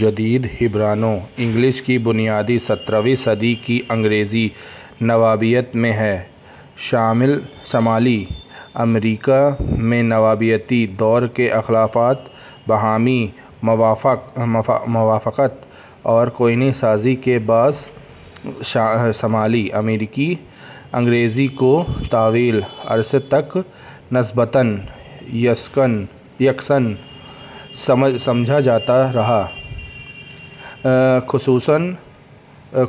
جدید ہایبرنو-انگلش کی بنیاد سترھویں صدی کی انگریزی نوآبادیات میں ہے۔ شمالی امریکا میں نوآبادیاتی دور کے اختلاط، باہمی موافقت اور کوئنے سازی کے باعث شمالی امریکی انگریزی کو طویل عرصے تک نسبتاً یکساں سمجھا جاتا رہا،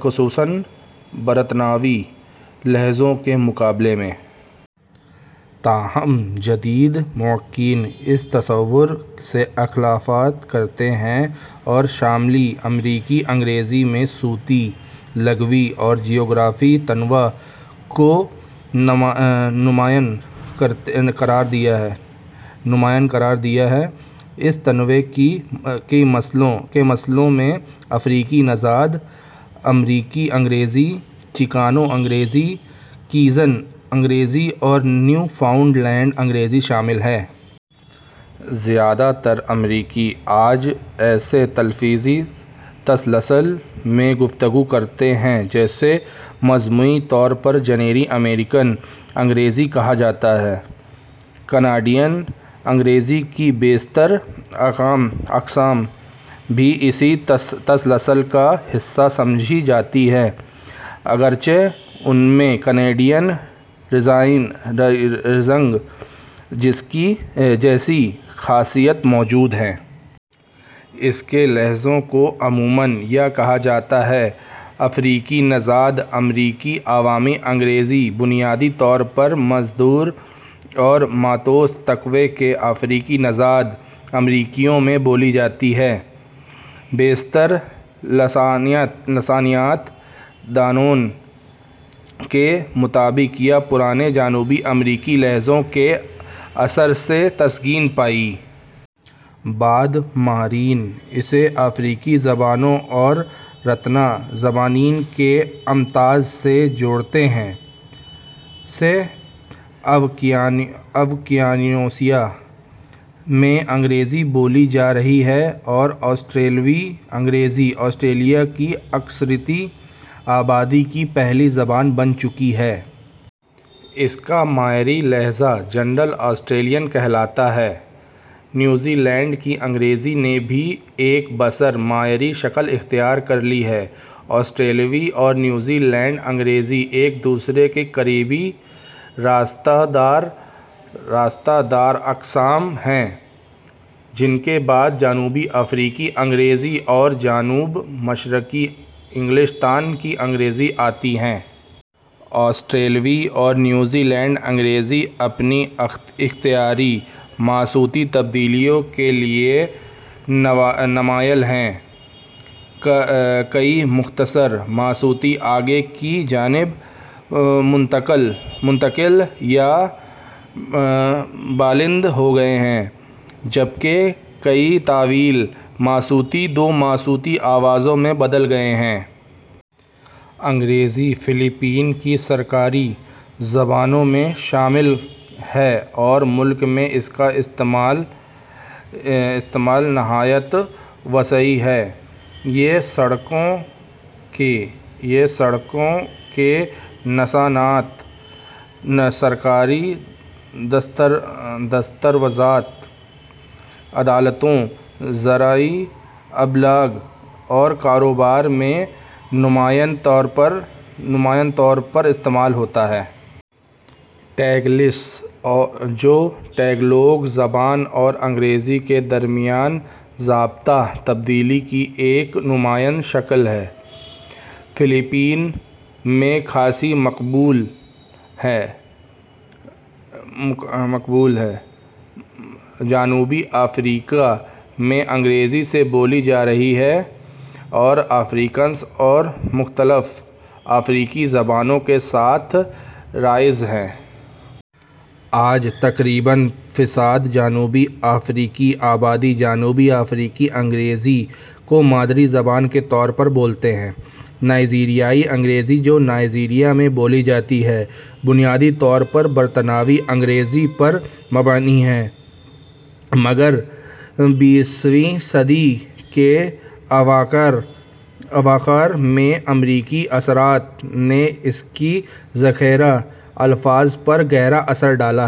خصوصاً برطانوی لہجوں کے مقابلے میں۔ تاہم جدید محققین اس تصور سے اختلاف کرتے ہیں اور شمالی امریکی انگریزی میں صوتی، لغوی اور جغرافیائی تنوع کو نمایاں قرار دیتے ہیں۔ اس تنوع کی مثالوں میں افریقی نژاد امریکی انگریزی ، چیکانو انگریزی ، کیجن انگریزی اور نیو فاؤنڈ لینڈ انگریزی شامل ہیں۔ زیادہ تر امریکی آج ایسے تلفظی تسلسل میں گفتگو کرتے ہیں جسے مجموعی طور پر جنرل امریکن انگریزی کہا جاتا ہے۔ کینیڈین انگریزی کی بیشتر اقسام بھی اسی تسلسل کا حصہ سمجھی جاتی ہیں، اگرچہ ان میں کینیڈین ریزنگ جیسی خصوصیات موجود ہیں۔ اس کے لہجوں کو عموماً یا کہا جاتا ہے۔ افریقی نژاد امریکی عوامی انگریزی بنیادی طور پر مزدور اور متوسط طبقے کے افریقی نژاد امریکیوں میں بولی جاتی ہے۔ بیشتر لسانیات دانوں کے مطابق یہ پرانے جنوبی امریکی لہجوں کے اثر سے تشکیل پائی۔ بعض ماہرین اسے افریقی زبانوں اور رطانہ زبانیں کے امتزاج سے جوڑتے ہیں۔ ء سے اوقیانوسیہ میں انگریزی بولی جا رہی ہے اور آسٹریلوی انگریزی آسٹریلیا کی اکثریتی آبادی کی پہلی زبان بن چکی ہے۔ اس کا معیاری لہجہ جنرل آسٹریلین کہلاتا ہے۔ نیوزی لینڈ کی انگریزی نے بھی ایک بااثر معیاری شکل اختیار کر لی ہے۔ آسٹریلوی اور نیوزی لینڈی انگریزی ایک دوسرے کی قریبی رشتہ دار اقسام ہیں، جن کے بعد جنوبی افریقی انگریزی اور جنوب مشرقی انگلستان کی انگریزی آتی ہیں۔ آسٹریلوی اور نیوزی لینڈی انگریزی اپنی اختراعی مصوتی تبدیلیوں کے لیے نمایاں ہیں۔ کئی مختصر مصوتے آگے کی جانب منتقل یا بلند ہو گئے ہیں، جبکہ کئی طویل مصوتے دو مصوتی آوازوں میں بدل گئے ہیں۔ انگریزی فلپائن کی سرکاری زبانوں میں شامل ہے اور ملک میں اس کا استعمال نہایت وسیع ہے۔ یہ سڑکوں کے نشانات، سرکاری دستاویزات، عدالتوں، ذرائع ابلاغ اور کاروبار میں نمایاں طور پر استعمال ہوتی ہے۔ ٹیگلیش ، جو تگالوگ زبان اور انگریزی کے درمیان ضابطہ تبدیلی کی ایک نمایاں شکل ہے، فلپائن میں خاصی مقبول ہے۔ جنوبی افریقا میں انگریزی ء سے بولی جا رہی ہے اور افریکانس اور مختلف افریقی زبانوں کے ساتھ رائج ہے۔ آج تقریباً فیصد جنوبی افریقی آبادی جنوبی افریقی انگریزی کو مادری زبان کے طور پر بولتی ہے۔ ۔ نائجیریائی انگریزی ، جو نائجیریا میں بولی جاتی ہے، بنیادی طور پر برطانوی انگریزی پر مبنی ہے، مگر بیسویں صدی کے اواخر میں امریکی اثرات نے اس کے ذخیرہ الفاظ پر گہرا اثر ڈالا۔